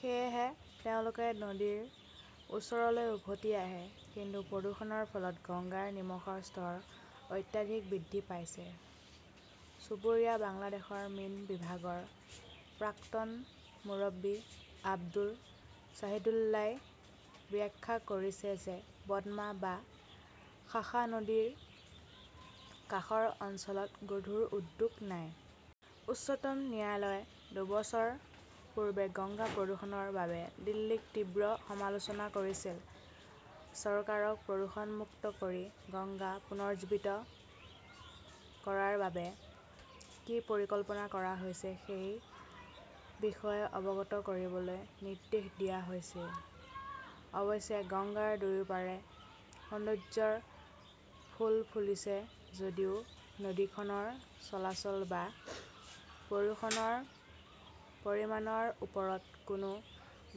সেয়েহে তেওঁলোকে নদীৰ ওচৰলৈ উভতি আহে। কিন্তু প্ৰদূষণৰ ফলত গংগাৰ নিমখৰ স্তৰ অত্যাধিক বৃদ্ধি পাইছে। চুবুৰীয়া বাংলাদেশৰ মীন বিভাগৰ প্ৰাক্তন মুৰব্বী আব্দুৰ শ্বাহিদুল্লাই ব্যাখ্যা কৰিছে যে পদ্মা বা শাখা নদীৰ কাষৰ অঞ্চলত গধুৰ উদ্যোগ নাই। উচ্চতম ন্যায়ালয়ে দুবছৰ পূৰ্বে গংগা প্ৰদূষণৰ বাবে দিল্লীক তীব্ৰ সমালোচনা কৰিছিল। চৰকাৰক প্ৰদূষণমুক্ত কৰি গংগা পুনৰুজ্জীৱিত কৰাৰ বাবে কি পৰিকল্পনা কৰা হৈছে সেই বিষয়ে অৱগত কৰিবলৈ নিৰ্দেশ দিয়া হৈছিল। অৱশ্যে, গংগাৰ দুয়োপাৰে সৌন্দৰ্য্যৰ ফুল ফুলিছে যদিও নদীখনৰ চলাচল বা প্ৰদূষণৰ পৰিমাণৰ ওপৰত কোনো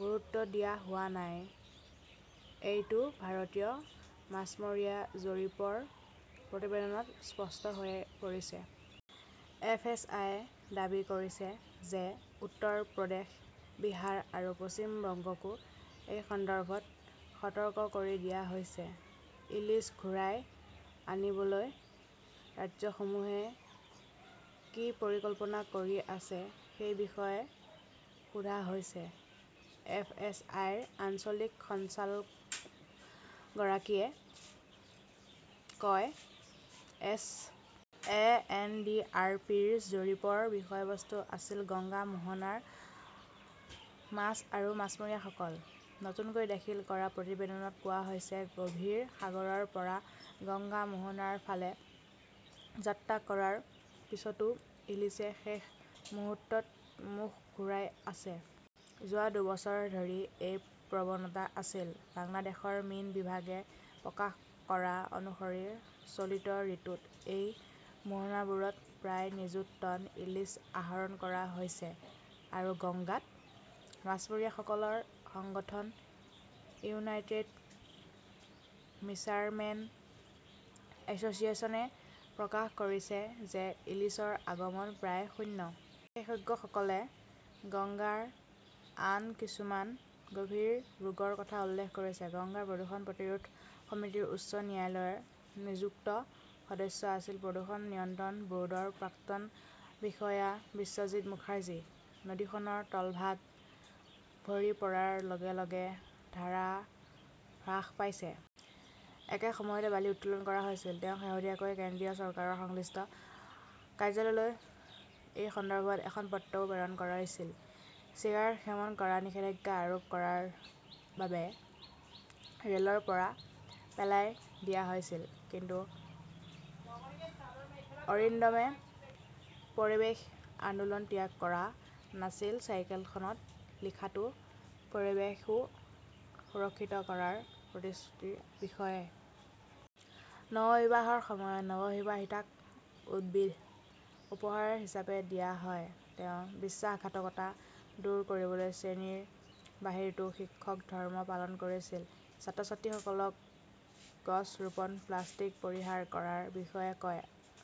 গুৰুত্ব দিয়া হোৱা নাই, এইটো ভাৰতীয় মাছমৰীয়া জৰীপৰ প্ৰতিবেদনত স্পষ্ট হৈ পৰিছে। এফএছআইয়ে দাবী কৰিছে যে উত্তৰ প্ৰদেশ, বিহাৰ আৰু পশ্চিম বংগকো এই সন্দৰ্ভত সতৰ্ক কৰি দিয়া হৈছে। ইলিশ ঘূৰাই আনিবলৈ ৰাজ্যসমূহে কি পৰিকল্পনা কৰি আছে সেই বিষয়ে সোধা হৈছে, এফএছআইৰ আঞ্চলিক সঞ্চালকগৰাকীয়ে কয়। S. A. N. D. R. P. -ৰ জৰীপৰ বিষয়বস্তু আছিল গংগা মোহনাৰ মাছ আৰু মাছমৰীয়াসকল। নতুনকৈ দাখিল কৰা প্ৰতিবেদনত কোৱা হৈছে-গভীৰ সাগৰৰ পৰা গংগা মোহনাৰ ফালে যাত্ৰা কৰাৰ পিছতো ইলিছে শেষ মুহূৰ্তত মুখ ঘূৰাই আছে। যোৱা দুবছৰ ধৰি এই প্ৰৱণতা আছিল। বাংলাদেশৰ মীন বিভাগে প্ৰকাশ কৰা অনুসৰি চলিত ঋতুত সেই মোহনাবোৰত প্ৰায় নিযুত টন ইলিছ আহৰণ কৰা হৈছে। আৰু গংগাত? মাছমৰীয়াসকলৰ সংগঠন ইউনাইটেড ফিছাৰমেন এছ'চিয়েশ্যনে প্ৰকাশ কৰিছে যে ইলিছৰ আগমন প্ৰায় শূন্য। বিশেষজ্ঞসকলে গংগাৰ আন কিছুমান গভীৰ ৰোগৰ কথা উল্লেখ কৰিছে। গংগা প্ৰদূষণ প্ৰতিৰোধ সমিতিৰ উচ্চ ন্যায়ালয়ৰ নিযুক্ত সদস্য আছিল প্ৰদূষণ নিয়ন্ত্ৰণ ব'ৰ্ডৰ প্ৰাক্তন বিষয়া বিশ্বজিত মুখাৰ্জী। নদীখনৰ তলভাগ ভৰি পৰাৰ লগে লগে ধাৰা হ্ৰাস পাইছে। একে সময়তে বালি উত্তোলন কৰা হৈছিল। তেওঁ শেহতীয়াকৈ কেন্দ্ৰীয় চৰকাৰৰ সংশ্লিষ্ট কাৰ্যালয়লৈ এই সন্দৰ্ভত এখন পত্ৰও প্ৰেৰণ কৰিছিল। চিগাৰেট সেৱন কৰাত নিষেধাজ্ঞা আৰোপ কৰাৰ বাবে ৰেলৰ পৰা পেলাই দিয়া হৈছিল, কিন্তু অৰিন্দমে পৰিৱেশ আন্দোলন ত্যাগ কৰা নাছিল চাইকেলখনত লিখাটো, পৰিৱেশো সুৰক্ষিত কৰাৰ প্ৰতিশ্ৰুতিৰ বিষয়ে। নৱবিবাহৰ সময়ত নৱবিবাহিতাক উদ্ভিদ উপহাৰ হিচাপে দিয়া হয়। তেওঁ বিশ্বাসঘাতকতা দূৰ কৰিবলৈ শ্ৰেণীৰ বাহিৰতো শিক্ষক ধৰ্ম পালন কৰিছিল। ছাত্ৰ-ছাত্ৰীসকলক গছ ৰোপণ, প্লাষ্টিক পৰিহাৰ কৰাৰ বিষয়ে কয়।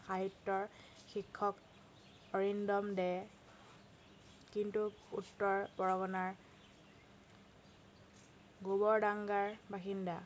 সাহিত্যৰ শিক্ষক অৰিন্দম দে, কিন্তু উত্তৰ পৰগনাৰ গোবৰডাংগাৰ বাসিন্দা।